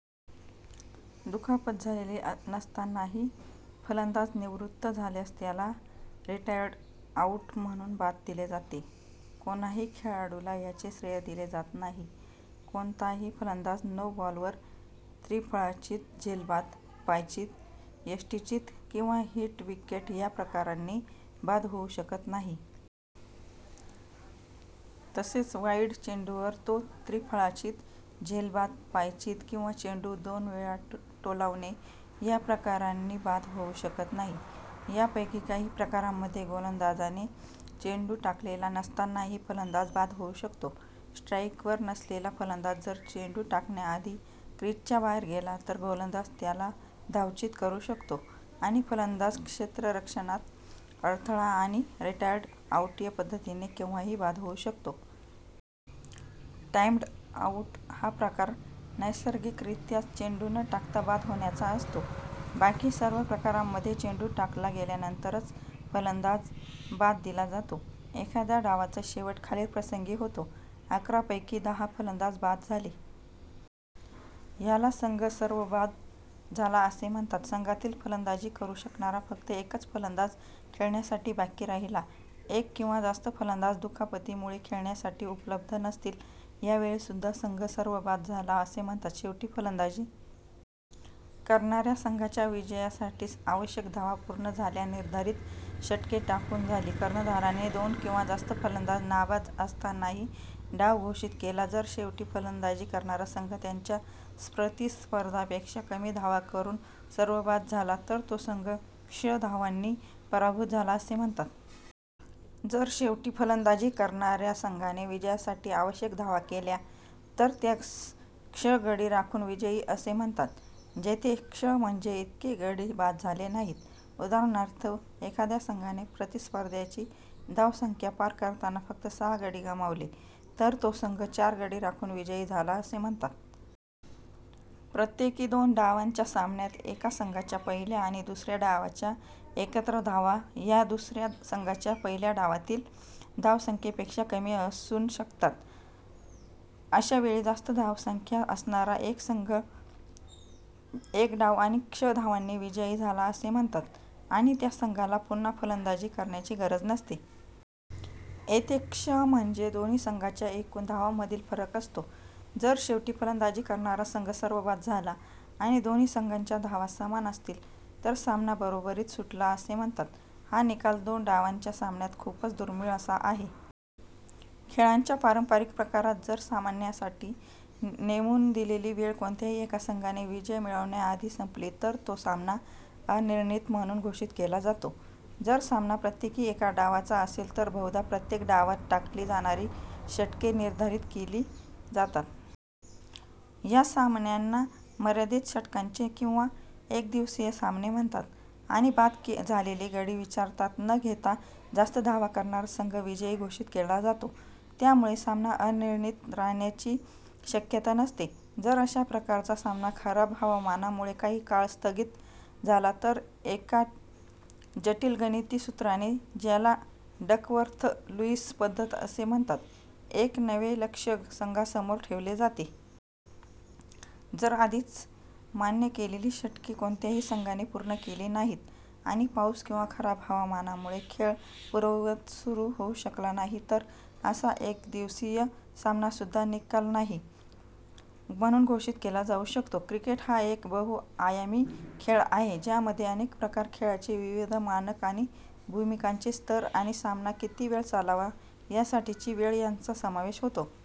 दुखापत झालेली नसतानाही फलंदाज निवृत्त झाल्यास त्याला रिटायर्ड आऊट म्हणून बाद दिले जाते; कोणाही खेळाडूला ह्याचे श्रेय दिले जात नाही. कोणताही फलंदाज नो बॉल वर त्रिफळाचीत, झेलबाद, पायचीत, यष्टिचीत किंवा हिट विकेट ह्या प्रकारांनी बाद होऊ शकत नाही. तसेच वाईड चेंडूवर तो त्रिफळाचीत, झेलबाद, पायचीत, किंवा चेंडू दोन वेळा टोलावणे ह्या प्रकारांनी बाद होवू शकत नाही. यापैकी काही प्रकारांमध्ये गोलंदाजाने चेंडू टाकलेला नसतानाही फलंदाज बाद होऊ शकतो. स्ट्राईकवर नसलेला फलंदाज जर चेंडू टाकण्याआधी क्रिजच्या बाहेर गेला तर, गोलंदाज त्याला धावचीत करू शकतो, आणि फलंदाज क्षेत्ररक्षणात अडथळा आणि रिटायर्ड आऊट या पद्धतीने केव्हाही बाद होऊ शकतो. टाईम्ड आऊट हा प्रकार नैसर्गिगरीत्याच चेंडू न टाकता बाद होण्याचा असतो. बाकी सर्व प्रकारांमध्ये चेंडू टाकला गेल्यानंतरच फलंदाज बाद दिला जातो. एखाद्या डावाचा शेवट खालील प्रसंगी होतो: अकरा पैकी दहा फलंदाज बाद झाले; ह्याला संघ "सर्वबाद" झाला असे म्हणतात संघातील फलंदाजी करू शकणारा फक्त एकच फलंदाज खेळण्यासाठी बाकी राहिला, एक किंवा जास्त फलंदाज दुखापतीमुळे खेळण्यासाठी उपलब्ध नसतील; ह्यावेळी सुद्धा, संघ "सर्वबाद" झाला असे म्हणतात शेवटी फलंदाजी करणाऱ्या संघाच्या विजयासाठी आवश्यक धावा पूर्ण झाल्या निर्धारित षटके टाकून झाली कर्णधाराने दोन किंवा जास्त फलंदाज नाबाद असतानाही डाव घोषित केला जर शेवटी फलंदाजी करणारा संघ त्यांच्या प्रतिस्पर्ध्यापेक्षा कमी धावा करून सर्वबाद झाला, तर तो संघ " क्ष धावांनी पराभूत" झाला असे म्हणतात.. जर शेवटी फलंदाजी करणाऱ्या संघाने विजयासाठी आवश्यक धावा केल्या, तर त्यास " क्ष गडी राखून विजयी" असे म्हणतात, जेथे क्ष म्हणजे इतके गडी बाद झाले नाहीत. उदाहरणार्थ, एखाद्या संघाने प्रतिस्पर्ध्याची धावसंख्या पार करताना फक्त सहा गडी गमावले तर तो संघ "चार गडी राखून विजयी" झाला असे म्हणतात. प्रत्येकी दोन डावांच्या सामन्यात, एका संघाच्या पहिल्या आणि दुसऱ्या डावाच्या एकत्र धावा ह्या, दुसऱ्या संघाच्या पहिल्या डावातील धावसंख्येपेक्षा कमी असून शकतात. अशा वेळी जास्त धावसंख्या असणारा संघ एक डाव आणि क्ष धावांनी विजयी झाला असे म्हणतात, आणि त्या संघाला पुन्हा फलंदाजी करण्याची गरज नसते. येथे क्ष म्हणजे दोन्ही संघांच्या एकून धावांमधील फरक असतो. जर शेवटी फलंदाजी करणारा संघ सर्वबाद झाला, आणि दोन्ही संघांच्या धावा समान असतील, तर सामना बरोबरीत सुटला असे म्हणतात; हा निकाल दोन डावांच्या सामन्यात खूपच दूर्मिळ असा आहे. खेळाच्या पारंपारिक प्रकारात, जर सामन्यासाठी नेमून दिलेली वेळ कोणत्याही एका संघाने विजय मिळविण्याआधी संपली तर तो सामना अनिर्णित म्हणून घोषित केला जातो. जर सामना प्रत्येकी एका डावाचा असेल, तर बहुधा प्रत्येक डावात टाकली जाणारी षटके निर्धारित केली जातात. ह्या सामन्यांना "मर्यादित षटकांचे" किंवा "एकदिवसीय" सामने म्हणतात, आणि बाद झालेले गडी विचारात न घेता, जास्त धावा करणारा संघ विजयी घोषित केला जातो, त्यामुळे सामना अनिर्णित राहण्याची शक्यता नसते. जर अशा प्रकारचा सामना खराब हावामानामुळे काही काळ स्थगित झाला तर एका जटिल गणिती सूत्राने, ज्याला डकवर्थ-लुईस पद्धत असे म्हणतात, एक नवे लक्ष्य संघासमोर ठेवले जाते. जर आधीच मान्य केलेली षटके कोणत्याही संघाने पूर्ण केली नाहीत, आणि पाऊस किंवा खराब हवामानामुळे खेळ पूर्ववत सुरू होऊ शकला नाही तर असा एकदिवसीय सामनासुद्धा "निकाल नाही" म्हणून घोषित केला जाऊ शकतो. क्रिकेट हा एक बहुआयामी खेळ आहे, ज्यामध्ये अनेक प्रकार, खेळाचे विविध मानक आणि भूमिकांचे स्तर आणि सामना किती वेळ चालावा यासाठीची वेळ ह्यांचा समावेश होतो.